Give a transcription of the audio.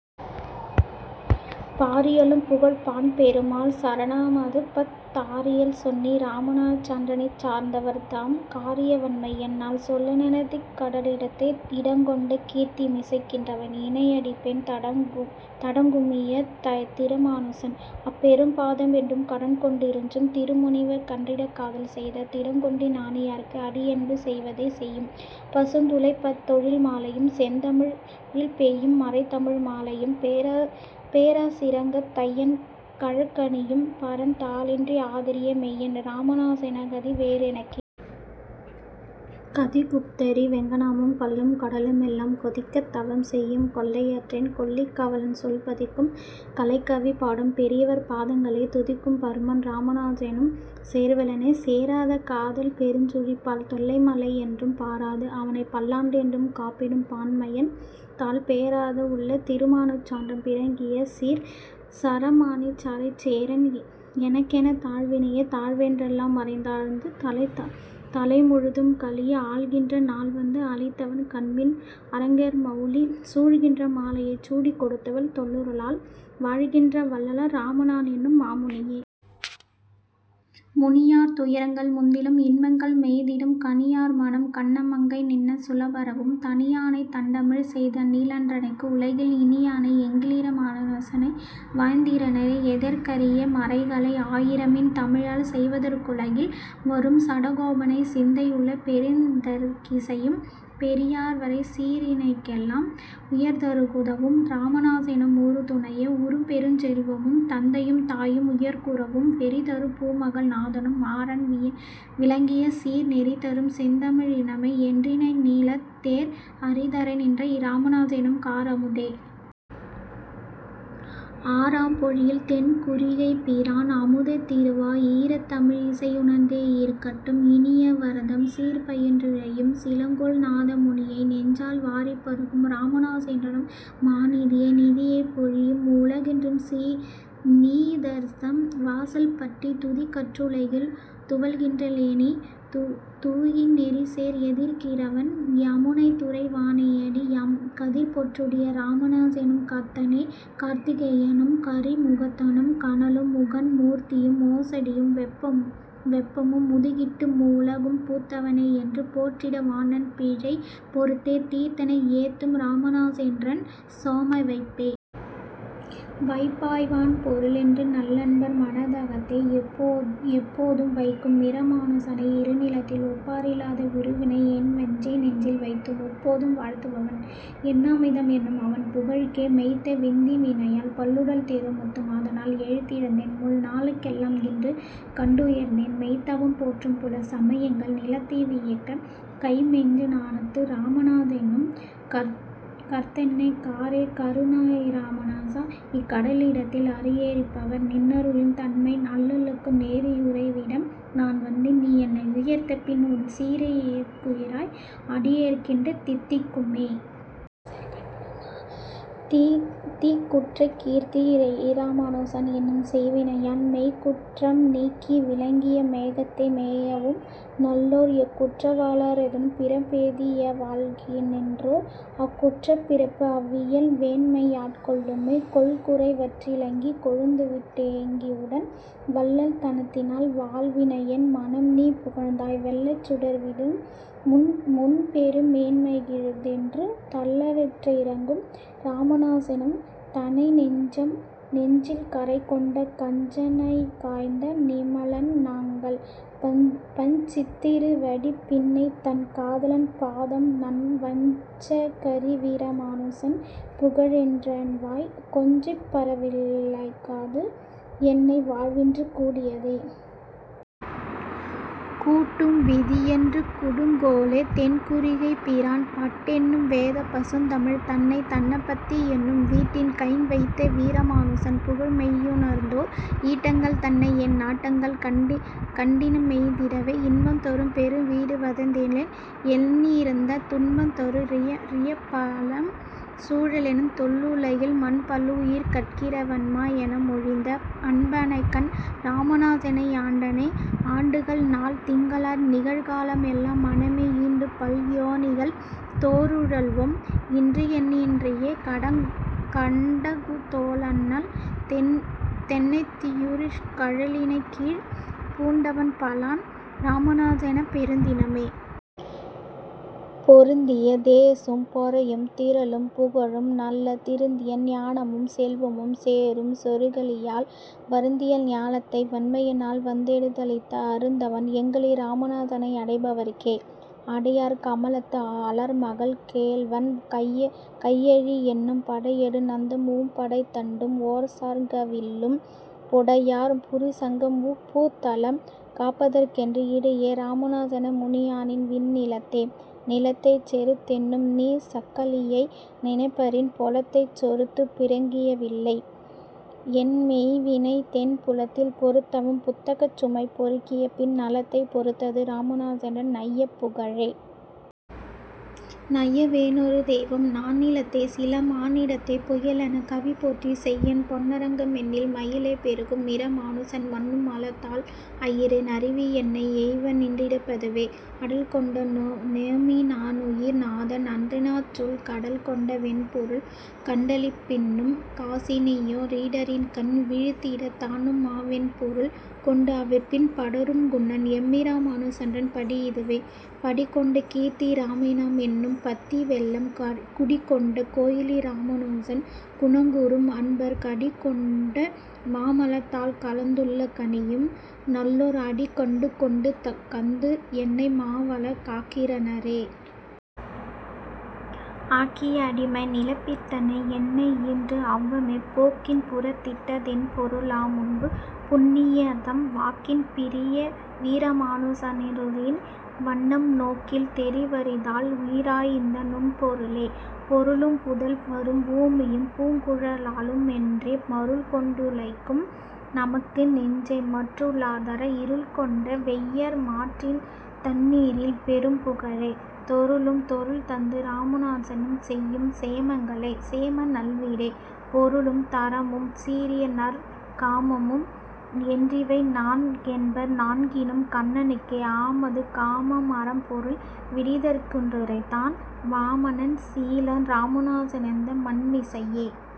பாரியலும்புகழ்ப் பாண்பெருமாள் சரணாம்பதுமத் தாரியல் சென்னி யிராமாநுசன்றன்னைச் சார்ந்தவர்தம் காரியவண்மை என்னால் சொல்லொணாதிக்கடலிடத்தே.. இடங்கொண்ட கீர்த்தி மழிசைக்கிறைவன் இணையடிப்போ தடங்குமிதயத் திராமாநுசன் அம்பொற்பாதமென்றும் கடங்கொண்டிறைஞ்சும் திருமுனிவர்க்கன்றிக்காதல் செய்யாத் திடங்கொண்டஞானியர்க்கே அடியேனன்பு செய்வதுவே.. செய்யும் பசுந்துளபத்தொழில்மாலையும் செந்தமிழில் பெய்யும் மறைத்தமிழ் மாலையும் பேராதசீரங்கத் தையன் கழற்கணியும் பரன் தாளன்றி ஆதரியா மெய்யன் இராமாநுசன்சாணேகதி வேறெனக்கே.. கதிக்குப்பதறி வெங்கானமும் கல்லும் கடலுமெல்லாம் கொதிக்கத் தவம் செய்யும் கொள்கையற்றேன் கொல்லிகாவலன் சொல் பதிக்கும் கலைக்கவிபாடும் பெரியவர்பாதங்களே துதிக்கும் பரமன் இராமாநுசனென்னைச் சோர்விலனே.. சோராதகாதல் பெருஞ்சுழிப்பால் தொல்லைமாலையொன்றும் பாராது அவனைப்பல்லாண்டென்று காப்பிடும் பான்மையன் தாள் பேராதவுள்ளத் திராமாநுசன்றன் பிறங்கியசீர் சாராமனிசரைச்சேரேன் எனக்கென்ன தாழ்வினியே.. தாழ்வொன்றில்லாமறைதாழ்ந்து தலமுழுதும்கலியே ஆள்கின்ற நாள் வந்து அளித்தவன் காண்மின் அரங்கர்மௌலி சூழ்கின்றமாலையைச் சூடிக்கொடுத்தவள் தொல்லருளால் வாழ்கின்றவள்ளல் இராமா னுசனென்னும் மாமுனியே.. முனியார் துயரங்கள் முந்திலும் இன்பங்கள் மொய்த்திடினும் கனியார்மனம் கண்ணமங்கைநின்னை சுலேபரவும் தனியானையைத்தண்டமிழ் செய்த நீலன் றனக்கு உலகில் இனியானை எங்களிராமாநுசனை வந்தெய்தினரே.. எய்தற்கரிய மறைகளை ஆயிரமின் தமிழால் செய்தற்குலகில் வரும் சடகோபனை சிந்தையுள்ளே பெய்தற்கிசையும் பெரியவர்சீரையுயிர்களெல்லாம் உய்தற்குதவும் இராமாநுசனெம்முறு துணையே.. உறுபெருஞ்செல்வமும் தந்தையும் தாயும் உயர்குருவும் வெறிதருபூமகள் நாதனும் மாறன் விளங்கியசீர் நெறிதரும் செந்தமி ழாரணமேயென்றிந்நீணிலத்தோர் அறிதரநின்ற இராமாநுசனெனக்காரமுதே.. ஆரப்பொழில் தென்குருகைப்பிரான் அமுதத்திருவா யீரத்தமிழி னிசையுணர்ந்தோர்கட்கு இனியவர்தம் சீரைப்பயின்றுய்யும் சீலங்கொள் நாதமுனியை நெஞ்சால் வாரிப்பருகும் இராமாநுசனென்றன் மாநிதியே.. நிதியைப் பொழியும் முகிலென்று நீசர்தம் வாசல்பற்றித் துதிகற்றுலகில் துவள்கின்றிலேனினி தூய்நெறிசேர் எதிகட்கிறைவன் யமுனைத்துறைவனிணையடியாம் கதிபெற்றுடைய இராமா னுசனென்னைக்காத்தனனே.. கார்த்திகையானும் கரிமுகத்தானும் கனலும் முக்கண் மூர்த்தியும் மோடியும் வெப்பும் முதுகிட்டு மூவுலகும் பூத்தவனேயென்று போற்றிட வாணன் பிழை பொறுத்த தீர்த்தனை யேத்தும் இராமாநுசனென்றன் சேமவைப்பே.. வைப்பாய்வான் பொருளென்று நல்லன்பர் மனத்தகத்தே எப்போதும் வைக்கு மிராமாநுசனை இருநிலத்தில் ஒப்பாரிலாத வுறுவினையேன்வஞ்சநெஞ்சில்வைத்து முப்போதும் வாழ்த்துவன் என்னாமிது அவன் மொய்புகழ்க்கே.. மொய்த்த வெந்தீவினையால் பல்லுடல்தொறும் மூத்து அதனால் எய்த்தொழிந்தேன் முன்நாள்களெல்லாம் இன்று கண்டுயர்ந்தேன் பொய்த்தவம் போற்றும் புலைச்சமயங்கள் நிலத்தவியக் கைத்தமெய்ஞ்ஞானத்து இராமாநுசனென்னும் கார்தன்னையே.. காரேய் கருணையிராமாநுச இக்கடலிடத்தில் ஆரேயறிபவர் நின்னருளின் தன்மை அல்லலுக்கு நேரேயுறைவிடம் நான் வந்து நீயென்னையுய்த்த பின் உன் சீரேயுயிர்க்குயிராய் அடியேற்கின்று தித்திக்குமே.. திக்குற்றகீர்த்தி யிராமாநுசனை என் செய்வினையாம் மெய்க்குற்றம் நீக்கி விளங்கிய மேகத்தை மேவும் நல்லோர் எக்குற்றவாள ரெது பிறப்பேதியல்வாகநின்றோர் அக்குற்றமப்பிறப்பு அவ்வியல் வேநம்மையாட்கொள்ளுமே.. கொள்ளக்குறைவற்றிலங்கிகொழுந்துவிட் டோங்கியவுன் வள்ளல் தனத்தினால் வல்வினையேன் மனம் நீ புகுந்தாய் வெள்ளைச்சுடர்விடு முன்பெருமேன்மைக்கிழுக்கிதென்று தள்ளுற்றிரங்கும் இராமாநுசவென் தனிநெஞ்சமே.. நெஞ்சில்கறை கொண்ட கஞ்சனைக்காய்ந்த நிமலன் நங்கள் பஞ்சித்திருவடிப் பின்னை தன் காதலன் பாதம் நண்ணா வஞ்சர்க்கரியவிராமா னுசன் புகழன்றியென்வாய் கொஞ்சிப்பரவகில்லாது என்ன வாழ்வின்று கூடியதே.. கூட்டும் விதியென்று கூடுங்கொலோ தென்குருகைப்பிரான் பாட்டென்னும் வேதப்பசுந்தமிழ் தன்னை தன்பத்தியென்னும் வீட்டின் கண்வைத்தவிராமா னுசன் புகழ்மெய்யுணர்ந்தோர் ஈட்டங்கள் தன்னை என் நாட்டங்கள் கண்டின்பமெய்திடவே.. இன்பந்தருபெருவீடுவந்தெய்திலென் எண்ணிறந்த துன்பந்தரு நிரயம்பல சூழிலென் தொல்லுலகில் மன்பல்லுயிர்கட்கிறையவன்மாயனெனமொழிந்த அன்பனனகன் இராமாநுசனென்னையாண்டனனே.. ஆண்டுகள் நாள் திங்களாய் நிகழ்காலமெல்லாம் மனமே ஈண்டு பல்யோனிகள் தோறுழல்வோம் இன்றோரெண்ணின்றியே காண்டகுதோளண்ணல் தென்னத்தியூரர்கழலிணைக்கீழ்ப் பூண்டவன்பாளன் இராமாநுசனைப் பொருந்தினமே.. பொருந்திய தேசும் பொறையும் திறலும் புகழும் நல்ல திருந்தியஞானமும் செல்வமும் சேரும் செறுகலியால் வருந்தியஞாலத்தை வண்மையினால் வந்தெடுத்தளித்த அருந்தவன் எங்களிராமாநுசனையடைபவர்க்கே.. அடையார் கமலத்து அலர்மகள் கேள்வன் கையாழியென்னும் படையோடு நாந்தகமும்படர்தண்டும் ஒண்சார்ங்கவில்லும் புடையார் புரிசங்கமுமிந்தப்பூதலம் காப்பதற்கென்று இடையே இராமாநுசமுனியாயினவிந்நிலத்தே.. நிலத்தைச் செறுத்துண்ணும் நீ சக்கலியை நினைப்பரிய பெலத்தைச் செறுத்தும் பிறங்கியதில்லை என்பெய்வினை தென் புலத்தில் பொறித்தவப் புத்தகச்சும்மைபொறுக்கியபின் நலத்தைப் பொறுத்தது இராமாநுசன்றன் நயப்புகழே.. நயவேனொரு தெய்வம் நானிலத்தே சிலமானிடத்தைப் புயலேயெனக் கவிபோற்றி செய்யேன் பொன்னரங்கமென்னில் மயலே பெருகு மிராமாநுசன்மன்னுமாமலர்த்தாள் அயரேன் அருவினையென்னையெவ்வாறின்றடர்ப்பதுவே.. அடல் கொண்டநேமிய னாருயிர் நாதன் அன்றாரணச்சொல் கடல் கொண்டவொண்பொருள் கண்டளிப்ப பின்னும் காசினியோ ரிடரின்கண் வீழ்ந்திடத் தானுமவ்வொண்பொருள் கொண்டு அவர்பின் படரும்குணன் எம்மிராமாநுசன்றன் படியிதுவே.. படி கொண்ட கீர்த்தி யிராமாயணமென்னும்பத்திவெள்ளம் குடிகொண்ட கோயிலிராமாநுசன் குணங்கூறும் அன்பர் கடிகொண்டமாமலர்த்தாள்கலந்துள்ளங்கனியும் நல்லோர் அடிகண்டுகொண்டு கந்து என்னையுமாளவர்க்காக்கினரே.. ஆக்கியடிமைநிலைப்பித்தனையென்னையின்று அவமே போக்கிப்புறத்திட்டதென்பொருளாமுன்பு புண்ணியர்தம் வாக்கிற்பிரியாவிராமாநுசநின் னருளின் வண்ணம் நோக்கில் தெரிவரிதால் உரையாயிந்த நுண்பொருளே.. பொருளும்புதல் வரும் பூமியும் பூங்குழலாருமென்றே மருள் கொண்டிளைக்கும் நமக்கு நெஞ்சே மற்றுளார்தர இருள்கொண்ட வெந்துயர்மாற்றித்தன்னீறில் பெரும்புகழே தெருளும் தெருள் தந்து இராமாநுசன் செய்யும் சேமங்களே.. சேமநல்வீடும் பொருளும் தருமமும் சீரிய நற் காமமும் என்றிவை நான் கென்பர் நான்கினும் கண்ணனுக்கே ஆமது காம மறம்பொருள் வீடிதற்கென்றுரைத்தான் வாமனன் சீலன் இராமாநுசனிந்தமண்மிசையே.